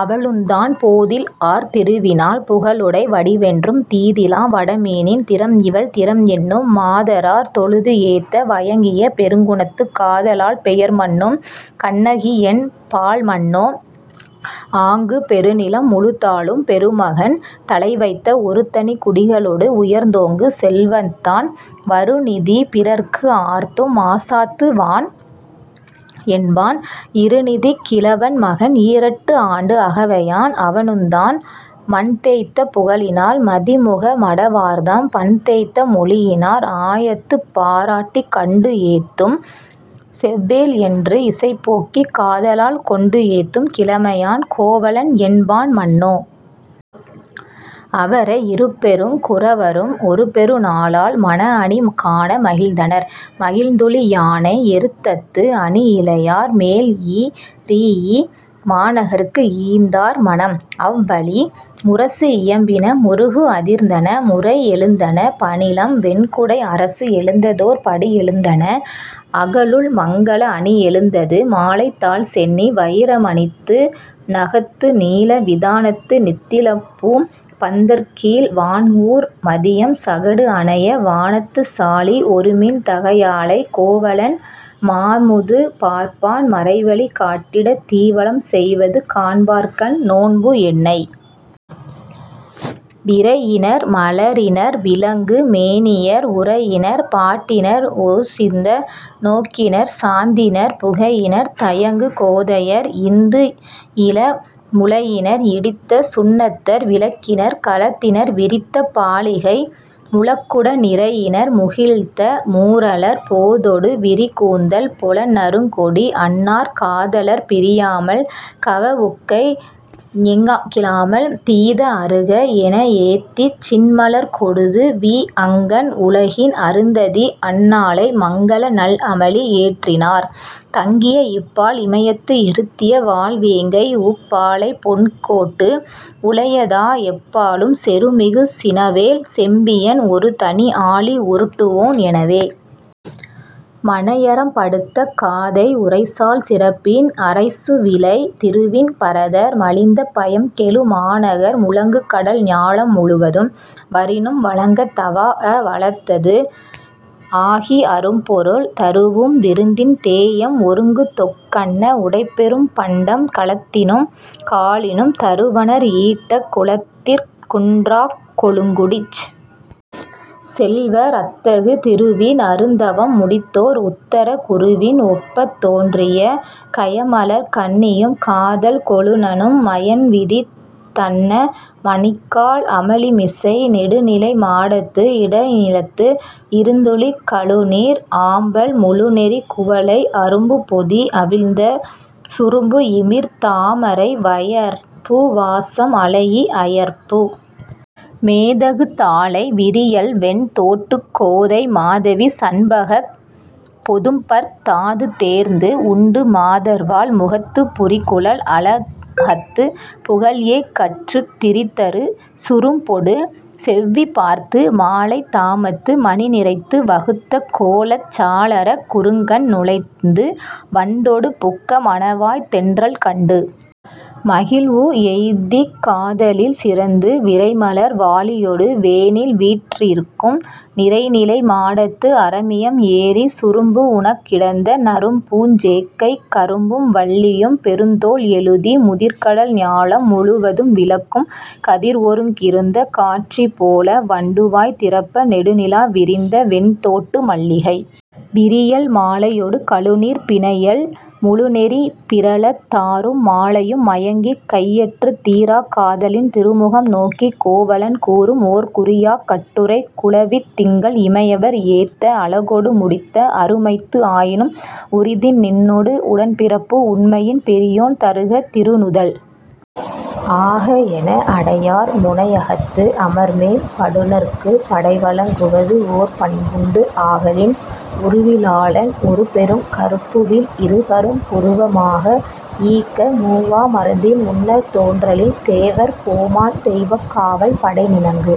அவளுந்தான், போதில்ஆர் திருவினாள் புகழுடை வடிவென்றும் தீதிலா வடமீனின் திறம்இவள் திறம்என்றும் மாதரார் தொழுதுஏத்த வயங்கிய பெருங்குணத்துக் காதலாள் பெயர்மன்னும் கண்ணகிஎன் பாள்மன்னோ, ஆங்கு, பெருநிலம் முழுதாளும் பெருமகன் தலைவைத்த ஒருதனிக் குடிகளொடு உயர்ந்தோங்கு செல்வத்தான் வருநிதி பிறர்க்குஆர்த்தும் மாசாத்து வான்என்பான் இருநிதிக் கிழவன்மகன் ஈரெட்டுஆண்டு அகவையான், அவனுந்தான், மண்தேய்த்த புகழினான் மதிமுக மடவார்தம் பண்தேய்த்த மொழியினார் ஆயத்துப் பாராட்டிக் கண்டுஏத்தும் செவ்வேள்என்று இசைபோக்கிக் காதலால் கொண்டுஏத்தும் கிழமையான் கோவலன்என் பான்மன்னோ. அவரை, இருபெருங் குரவரும் ஒருபெரு நாளால் மணஅணி காண மகிழ்ந்தனர், மகிழ்ந்துழி யானை எருத்தத்து அணிஇழையார் மேல்இரீஇ மாநகர்க்கு ஈந்தார் மணம். அவ்வழி, முரசுஇயம்பின, முருகுஅதிர்ந்தன, முறைஎழுந்தன பணிலம், வெண்குடை அரசுஎழுந்ததொர் படிஎழுந்தன, அகலுள்மங்கல அணிஎழுந்தது. மாலைதாழ் சென்னி வயிரமணித் து஡ணகத்து நீல விதானத்து நித்திலப்பூம் பந்தர்க்கீழ் வான்ஊர் மதியம் சகடுஅணைய வானத்துச் சாலி ஒருமீன் தகையாளைக் கோவலன் மாமுது பார்ப்பான் மறைவழி காட்டிடத் தீவலம் செய்வது காண்பார்க்கண் நோன்புஎன்னை. விரையினர் மலரினர் விளங்கு மேனியர் உரையினர் பாட்டினர் ஒசிந்த நோக்கினர் சாந்தினர் புகையினர் தயங்கு கோதையர் ஏந்துஇள முலையினர் இடித்த சுண்ணத்தர் விளக்கினர் கலத்தினர் விரித்த பாலிகை முளைக்குட நிரையினர் முகிழ்த்த மூரலர் போதொடு விரிகூந்தல் பொலன்நறுங் கொடிஅன்னார் காதலற் பிரியாமல் கவவுக்கை ஞெகிழாமல் தீதுஅறுக எனஏத்திச் சின்மலர் கொடுது஡வி அங்கண் உலகின் அருந்ததி அன்னாளை மங்கல நல்அமளி ஏற்றினார், தங்கிய இப்பால் இமயத்து இருத்திய வாள்வேங்கை உப்பாலைப் பொன்கோட்டு உழையதா எப்பாலும் செருமிகு சினவேல் செம்பியன் ஒருதனி ஆழி உருட்டுவோன் எனவே.. மனையறம்படுத்த காதை உரைசால் சிறப்பின் அரைசுவிழை திருவின் பரதர் மலிந்த பயம்கெழு மாநகர் முழங்குகடல் ஞாலம் முழுவதும் வரினும் வழங்கத் தவாஅ வளத்தது ஆகி அரும்பொருள் தருஉம் விருந்தின் தேஎம் ஒருங்குதொக் கன்ன உடைப்பெரும் பண்டம் கலத்தினும் காலினும் தருவனர் ஈட்டக் குலத்திற் குன்றாக் கொழுங்குடிச் செல்வர் அத்தகு திருவின் அருந்தவம் முடித்தோர் உத்தர குருவின் ஒப்பத் தோன்றிய கயமலர்க் கண்ணியும் காதல் கொழுநனும் மயன்விதித் தன்ன மணிக்கால் அமளிமிசை நெடுநிலை மாடத்து இடைநிலத்து இருந்துழிக் கழுநீர் ஆம்பல் முழுநெறிக் குவளை அரும்புபொதி அவிழ்ந்த சுரும்புஇமிர் தாமரை வயற்பூ வாசம் அளைஇ அயற்பூ மேதகு தாழை விரியல்வெண் தோட்டுக் கோதை மாதவி சண்பகப் பொதும்பர்த் தாதுதேர்ந்து உண்டு மாதர்வாள் முகத்துப் புரிகுழல் அளகத்துப் புகல்ஏக் கற்றுத் திரிதரு சுரும்பொடு செவ்வி பார்த்து மாலைத் தாமத்து மணிநிரைத்து வகுத்த கோலச் சாளரக் குறுங்கண் நுழைந்து வண்டொடு புக்க மணவாய்த் தென்றல் கண்டு மகிழ்வுஎய்திக் காதலில் சிறந்து, விரைமலர் வாளியொடு வேனில்வீற் றிருக்கும் நிரைநிலை மாடத்து அரமியம் ஏறி, சுரும்புஉணக் கிடந்த நறும்பூஞ் சேக்கைக் கரும்பும் வல்லியும் பெருந்தோள் எழுதி முதிர்க்கடல் ஞாலம் முழுவதும் விளக்கும் கதிர்ஒருங் கிருந்த காட்சி போல, வண்டுவாய் திறப்ப நெடுநிலா விரிந்த வெண்தோட்டு மல்லிகை விரியல் மாலையொடு கழுநீர்ப் பிணையல் முழுநெறி பிறழத் தாரும் மாலையும் மயங்கிக் கையற்றுத் தீராக் காதலின் திருமுகம் நோக்கிக் கோவலன் கூறும்ஓர் குறியாக் கட்டுரை குழவித் திங்கள் இமையவர் ஏத்த அழகொடு முடித்த அருமைத்து ஆயினும் உரிதின் நின்னோடு உடன்பிறப்பு உண்மையின் பெரியோன் தருக திருநுதல் ஆகஎன, அடையார் முனையகத்து அமர்மேம் படுநர்க்குப் படைவழங் குவதுஓர் பண்புண்டு ஆகலின் உருவி லாளன் ஒருபெருங் கருப்புவில் இருகரும் புருவ மாக ஈக்க, மூவா மருந்தின் முன்னர்த் தோன்றலின் தேவர் கோமான் தெய்வக் காவல் படைநினக்கு